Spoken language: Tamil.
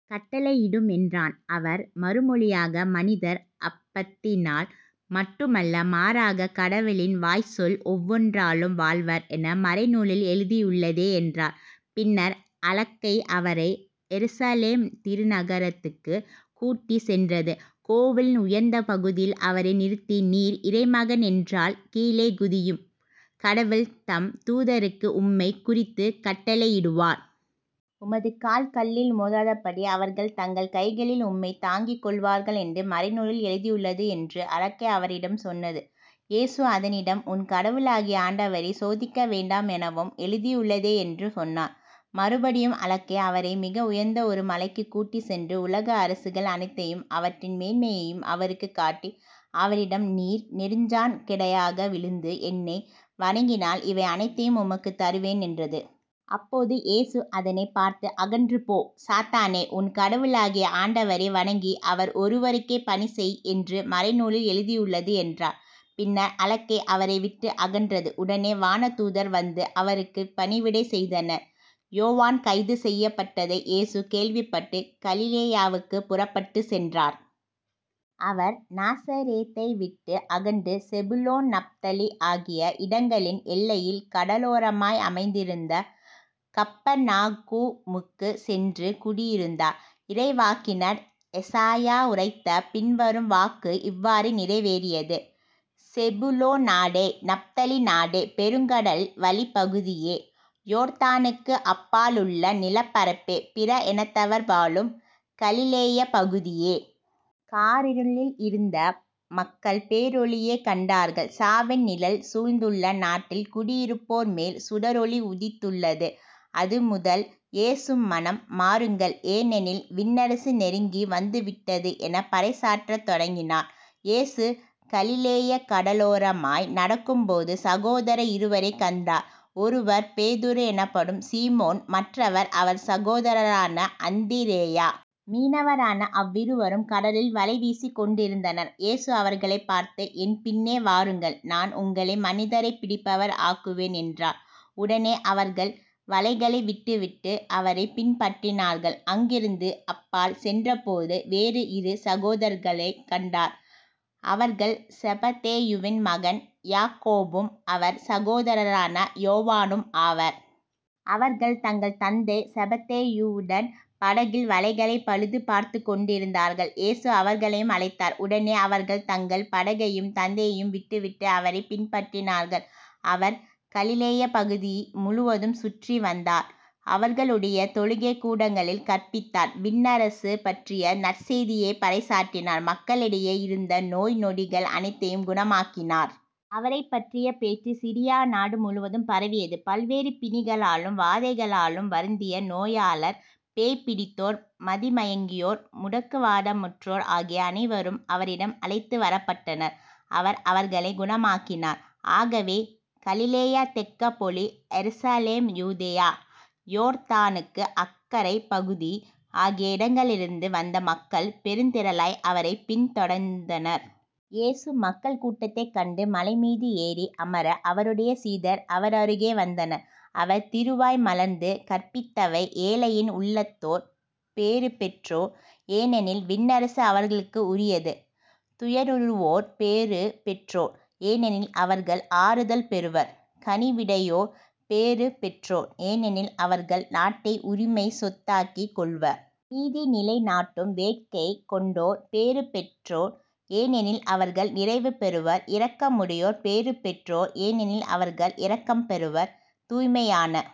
கட்டளையிடும் என்றான். அவர் மறுமொழியாக மனிதர் அப்பத்தினால் மட்டுமல்ல மாறாக கடவுளின் வாய்ச்சொல் ஒவ்வொன்றாலும் வாழ்வர் என மறைநூலில் எழுதியுள்ளதே என்றார். பின்னர் அலகை அவரை எருசலேம் திருநகரத்திற்குக் கூட்டிச் சென்றது. கோவிலின் உயர்ந்த பகுதியில் அவரை நிறுத்தி நீர் இறைமகன் என்றால் கீழே குதியும் கடவுள் தம் தூதருக்கு உம்மைக் குறித்துக் கட்டளையிடுவார். உமது கால் கல்லில் மோதாதபடி அவர்கள் தங்கள் கைகளில் உம்மைத் தாங்கிக் கொள்வார்கள் என்று மறைநூலில் எழுதியுள்ளது என்று அலகை அவரிடம் சொன்னது. இயேசு அதனிடம் உன் கடவுளாகிய ஆண்டவரைச் சோதிக்க வேண்டாம் எனவும் எழுதியுள்ளதே என்று சொன்னார். மறுபடியும் அலகை அவரை மிக உயர்ந்த ஒரு மலைக்குக் கூட்டிச் சென்று உலக அரசுகள் அனைத்தையும் அவற்றின் மேன்மையையும் அவருக்குக் காட்டி, அவரிடம் நீர் நெடுஞ்சாண் கிடையாக விழுந்து என்னை வணங்கினால் இவை அனைத்தையும் உமக்குத் தருவேன் என்றது. அப்பொழுது இயேசு அதனைப் பார்த்து அகன்று போ. சாத்தானே உன் கடவுளாகிய ஆண்டவரை வணங்கி அவர் ஒருவருக்கே பணி செய் என்றும் மறைநூலில் எழுதியுள்ளது என்றார். பின்னர் அலகை அவரை விட்டு அகன்றது. உடனே வானதூதர் வந்து அவருக்குப் பணிவிடை செய்தனர். யோவான் கைது செய்யப்பட்டதை இயேசு கேள்விப்பட்டுக் கலிலேயாவுக்குப் புறப்பட்டுச் சென்றார். அவர் நாசரேத்தைவிட்டு அகன்று செபுலோன் நப்தலி ஆகிய இடங்களின் எல்லையில் கடலோரமாய் அமைந்திருந்த கப்பர்நாகூமுக்குச் சென்று குடியிருந்தார். இறைவாக்கினர் எசாயா உரைத்த பின்வரும் வாக்கு இவ்வாறு நிறைவேறியது. செபுலோன் நாடே. நப்தலி நாடே. பெருங்கடல் வழிப் பகுதியே. யோர்தானுக்கு அப்பாலுள்ள நிலப்பரப்பே. பிற இனத்தவர் வாழும் கலிலேயப் பகுதியே. காரிருளில் இருந்த மக்கள் பேரொளியைக் கண்டார்கள். சாவின் நிழல் சூழ்ந்துள்ள நாட்டில் குடியிருப்போர் மேல் சுடரொளி உதித்துள்ளது. அதுமுதல் இயேசு மனம் மாறுங்கள் ஏனெனில் விண்ணரசு நெருங்கி வந்துவிட்டது எனப் பறைசாற்றத் தொடங்கினார். இயேசு கலிலேயக் கடலோரமாய் நடக்கும்போது சகோதரர் இருவரைக் கண்டார். ஒருவர் பேதுரு எனப்படும் சீமோன் மற்றவர் அவர் சகோதரரான அந்திரேயா. மீனவரான அவ்விருவரும் கடலில் வலைவீசிக் கொண்டிருந்தனர். இயேசு அவர்களைப் பார்த்து என் பின்னே வாருங்கள். நான் உங்களை மனிதரைப் பிடிப்பவர் ஆக்குவேன் என்றார். உடனே அவர்கள் வலைகளை விட்டுவிட்டு அவரைப் பின்பற்றினார்கள். அங்கிருந்து அப்பால் சென்றபோது வேறு இரு சகோதரர்களைக் கண்டார். அவர்கள் செபதேயுவின் மகன் யாக்கோபும் அவர் சகோதரரான யோவானும் ஆவர். அவர்கள் தங்கள் தந்தை செபதேயுவுடன் படகில் வலைகளைப் பழுது பார்த்துக்கொண்டிருந்தார்கள். இயேசு அவர்களையும் அழைத்தார். உடனே அவர்கள் தங்கள் படகையும் தந்தையையும் விட்டு விட்டு அவரைப் பின்பற்றினார்கள். அவர் கலிலேயப் பகுதி முழுவதும் சுற்றி வந்தார். அவர்களுடைய தொழுகைக் கூடங்களில் கற்பித்தார் விண்ணரசு பற்றிய நற்செய்தியைப் பறைசாற்றினார் மக்களிடையே இருந்த நோய் நொடிகள் அனைத்தையும் குணமாக்கினார். அவரைப் பற்றிய பேச்சு சிரியா நாடு முழுவதும் பரவியது. பல்வேறு பிணிகளாலும் வாதைகளாலும் வருந்திய நோயாளர், பேய் பிடித்தோர் மதிமயங்கியோர் முடக்குவாதமுற்றோர் ஆகிய அனைவரும் அவரிடம் அழைத்து வரப்பட்டனர். அவர் அவர்களைக் குணமாக்கினார். ஆகவே கலிலேயா தெக்கப்பொலி எருசலேம் யூதேயா. யோர்தானுக்கு அக்கரைப் பகுதி ஆகிய இடங்களிலிருந்து வந்த மக்கள் பெருந்திரளாய் அவரைப் பின்தொடர்ந்தனர். இயேசு மக்கள் கூட்டத்தைக் கண்டு மலைமீது ஏறி, அமர, அவருடைய சீடர் அவரருகே வந்தனர். அவர் திருவாய் மலர்ந்து கற்பித்தவை ஏழையின் உள்ளத்தோர் பேறுபெற்றோர் ஏனெனில் விண்ணரசு அவர்களுக்கு உரியது. துயருறுவோர் பேறுபெற்றோர். ஏனெனில் அவர்கள் ஆறுதல் பெறுவர். கனிவுடையோர் பேறுபெற்றோர். ஏனெனில் அவர்கள் நாட்டை உரிமைச் சொத்தாக்கிக் கொள்வர். நீதிநிலைநாட்டும் வேட்கை கொண்டோர் பேறுபெற்றோர். ஏனெனில் அவர்கள் நிறைவுபெறுவர். இரக்கமுடையோர் பேறுபெற்றோர். ஏனெனில் அவர்கள் இரக்கம் பெறுவர். தூய்மையான